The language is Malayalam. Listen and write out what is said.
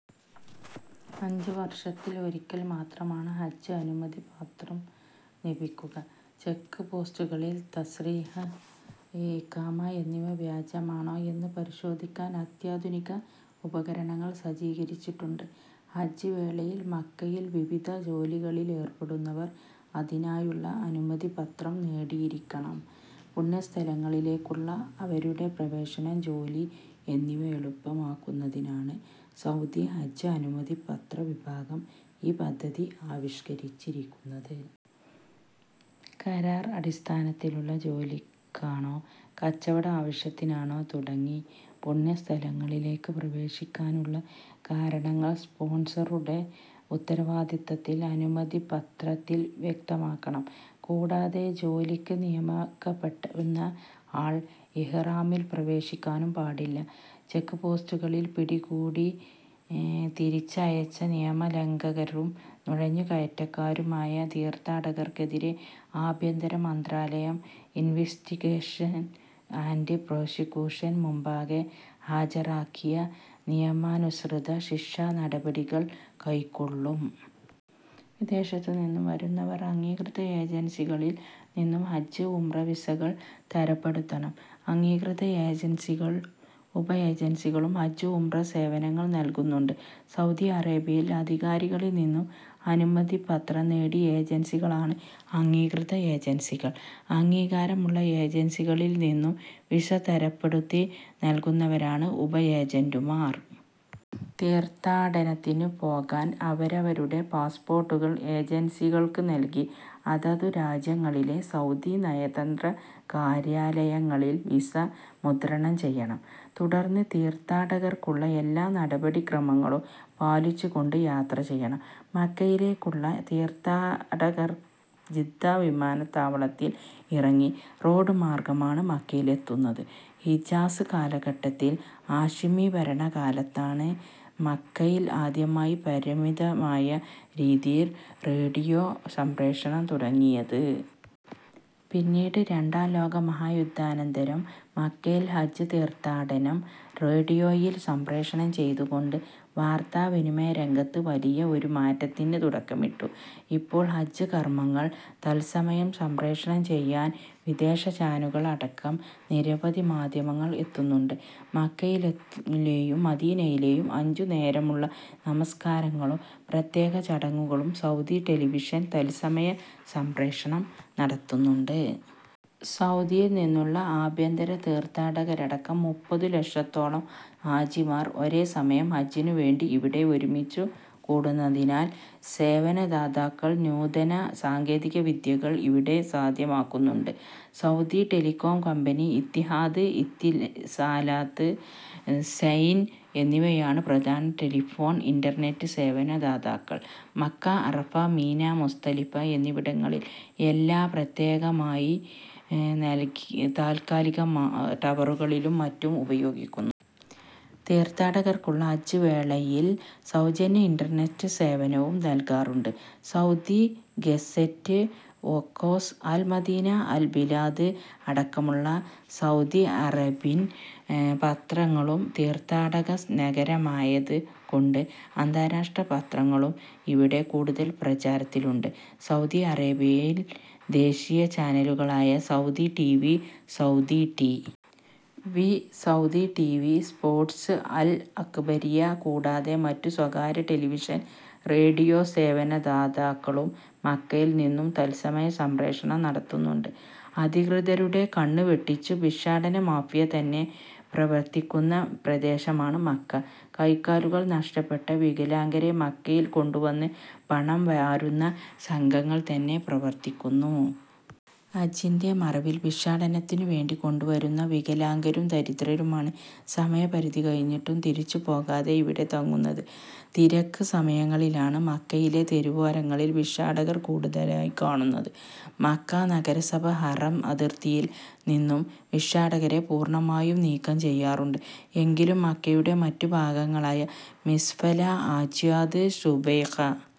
അഞ്ചു വർഷത്തിൽ ഒരിക്കൽ മാത്രമാണ് ഹജ്ജ് അനുമതി പത്രം ലഭിക്കുക. ചെക്ക്പോസ്റ്റുകളിൽ തസ്രീഹ്, ഇഖാമ എന്നിവ വ്യാജമാണോ എന്ന് പരിശോധിക്കാൻ അത്യാധുനിക ഉപകരണങ്ങൾ സജ്ജീകരിച്ചിട്ടുണ്ട്. ഹജ്ജ് വേളയിൽ മക്കയിൽ വിവിധ ജോലികളിലേർപ്പെടുന്നവർ അതിനായുള്ള അനുമതി പത്രം നേടിയിരിക്കണം. പുണ്യസ്ഥലങ്ങളിലേക്കുള്ള അവരുടെ പ്രവേശനം, ജോലി എന്നിവ എളുപ്പമാക്കുന്നതിനാണ് സൗദി ഹജ്ജ് അനുമതി പത്ര വിഭാഗം ഈ പദ്ധതി ആവിഷ്കരിച്ചിരിക്കുന്നത്. കരാർ അടിസ്ഥാനത്തിലുള്ള ജോലിക്കാണോ കച്ചവട ആവശ്യത്തിനാണോ തുടങ്ങി പുണ്യ സ്ഥലങ്ങളിലേക്ക് പ്രവേശിക്കാനുള്ള കാരണങ്ങൾ സ്പോൺസറുടെ ഉത്തരവാദിത്തത്തിൽ അനുമതി പത്രത്തിൽ വ്യക്തമാക്കണം. കൂടാതെ ജോലിക്ക് നിയമിക്കപ്പെടുന്ന ആൾ ഇഹ്റാമിൽ പ്രവേശിക്കാനും പാടില്ല. ചെക്പോസ്റ്റുകളിൽ പിടികൂടി തിരിച്ചയച്ച നിയമലംഘകരും നുഴഞ്ഞുകയറ്റക്കാരുമായ തീർഥാടകർക്കെതിരെ ആഭ്യന്തര മന്ത്രാലയം ഇൻവെസ്റ്റിഗേഷൻ ആൻറ് പ്രോസിക്യൂഷന് മുമ്പാകെ ഹാജരാക്കി നിയമാനുസൃത ശിക്ഷാനടപടികൾ കൈക്കൊള്ളും. വിദേശത്തു നിന്നും വരുന്നവർ അംഗീകൃത ഏജൻസികളിൽ നിന്നും ഹജ്ജ്-ഉംറ വിസകൾ തരപ്പെടുത്തണം. അംഗീകൃത ഏജൻസികളും ഉപ ഏജൻസികളും ഹജ്ജ് ഉംറ സേവനങ്ങൾ നൽകുന്നുണ്ട്. സൗദി അറേബ്യൻ അധികാരികളിൽ നിന്നും അനുമതി പത്രം നേടിയ ഏജൻസികളാണ് അംഗീകൃത ഏജൻസികൾ. അംഗീകാരമുള്ള ഏജൻസികളിൽ നിന്നും വിസ തരപ്പെടുത്തി നൽകുന്നവരാണ് ഉപ ഏജന്റുമാർ. തീർഥാടനത്തിനു പോകാൻ അവരവരുടെ പാസ്പോർട്ടുകൾ ഏജൻസികൾക്ക് നൽകി അതതു രാജ്യങ്ങളിലെ സൗദി നയതന്ത്ര കാര്യാലയങ്ങളിൽ വിസ മുദ്രണം ചെയ്യണം. തുടർന്ന് തീർഥാടകർക്കുള്ള എല്ലാ നടപടി ക്രമങ്ങളും പാലിച്ചു കൊണ്ട് യാത്ര ചെയ്യണം. മക്കയിലേക്കുള്ള തീർഥാടകർ ജിദ്ദ വിമാനത്താവളത്തിൽ ഇറങ്ങി റോഡ് മാർഗ്ഗം ആണ് മക്കയിലെത്തുന്നത്. ഹിജാസ് കാലഘട്ടത്തിൽ ഹാഷിമീ ഭരണ കാലത്താണ് മക്കയിൽ ആദ്യമായി പരിമിതമായ രീതിയിൽ റേഡിയോ സംപ്രേഷണം തുടങ്ങുന്നത്. പിന്നീട് രണ്ടാം ലോക മഹാ യുദ്ധാനന്തരം മക്കയിലെ ഹജ്ജ് തീർഥാടനം റേഡിയോയിൽ സംപ്രേഷണം ചെയ്തു കൊണ്ട് വാർത്താ വിനിമയ രംഗത്ത് വലിയ ഒരു മാറ്റത്തിന് തുടക്കമിട്ടു. ഇപ്പോൾ ഹജ്ജ് കർമങ്ങൾ തത്സമയം സംപ്രേഷണം ചെയ്യാൻ വിദേശ ചാനലുകൾ അടക്കം നിരവധി മാധ്യമങ്ങൾ എത്തുന്നുണ്ട്. മക്കയിലെയും മദീനയിലെയും അഞ്ചു നേരമുള്ള നമസ്കാരങ്ങളും പ്രത്യേക ചടങ്ങുകളും സൗദി ടെലിവിഷൻ തൽസമയ സംപ്രേഷണം നടത്തുന്നുണ്ട്. സൗദിയിൽ നിന്നുള്ള ആഭ്യന്തര തീർഥാടകരടക്കം മുപ്പതു ലക്ഷത്തോളം ഹാജിമാർ ഒരേ സമയം ഹജ്ജിനു വേണ്ടി ഇവിടെ ഒരുമിച്ചു കൂടുന്നതിനാൽ സേവനദാതാക്കൾ നൂതന സാങ്കേതിക വിദ്യകൾ ഇവിടെ സാധ്യമാക്കുന്നുണ്ട്. Saudi telecom company, Etihad Etisalat, Zain എന്നിവയാണ് പ്രധാന ടെലിഫോൺ, ഇന്റർനെറ്റ് സേവന ദാതാക്കൾ. മക്ക, അറഫ, മിനാ, മുസ്ദലിഫ എന്നിവിടങ്ങളിൽ എല്ലാം പ്രത്യേകമായി താൽകാലിക ടവറുകളും മറ്റും ഉപയോഗിക്കുന്നു. തീർഥാടകർക്കു ഹജ്ജ് വേളയിൽ സൗജന്യ ഇന്റർനെറ്റ് സേവനവും നൽകാറുണ്ട്. Saudi Gazette, Okaz, Al Madina, Al Bilad അടക്കമുള്ള സൗദി അറബിൻ പത്രങ്ങളും തീർഥാടക നഗരമായത് കൊണ്ട് അന്താരാഷ്ട്ര പത്രങ്ങളും ഇവിടെ കൂടുതൽ പ്രചാരത്തിലുണ്ട്. സൗദി അറേബ്യൻ ദേശീയ ചാനലുകളായ Saudi T. V, Saudi T. V, Saudi T. V sports, Al Ekhbariya കൂടാതെ മറ്റു സ്വകാര്യ ടെലിവിഷൻ, റേഡിയോ സേവന ദാതാക്കളും മക്കയിൽ നിന്നും തൽസമയ സംപ്രേഷണം നടത്തുന്നുണ്ട്.. അധികൃതരുടെ കണ്ണ് വെട്ടിച്ചു ഭിക്ഷാടന മാഫിയ തന്നെ പ്രവർത്തിക്കുന്ന പ്രദേശമാണ് മക്ക. കൈകാലുകൾ നഷ്ടപ്പെട്ട വികലാംഗരെ മക്കയിൽ കൊണ്ടുവന്ന് പണം വാരുന്ന സംഘങ്ങൾ തന്നെ പ്രവർത്തിക്കുന്നു. ഹജ്ജിന്റെ മറവിൽ ഭിക്ഷാടനത്തിനു വേണ്ടി കൊണ്ടുവരുന്ന വികലാംഗരും ദരിദ്രരുമാണ് സമയപരിധി കഴിഞ്ഞിട്ടും തിരിച്ചുപോകാതെ ഇവിടെ തങ്ങുന്നത്. തിരക്ക് സമയങ്ങളിലാണ് മക്കയിലെ തെരുവോരങ്ങളിൽ ഭിക്ഷാടകർ കൂടുതലായി കാണുന്നത്. മക്ക നഗരസഭ ഹറം അതിർത്തിയിൽ നിന്നും ഭിക്ഷാടകരെ പൂർണമായും നീക്കം ചെയ്യാറുണ്ട്. എങ്കിലും മക്കയുടെ മറ്റു ഭാഗങ്ങളായ മിസ്ഫല, അജ്യാദ്, ശുബൈഖ,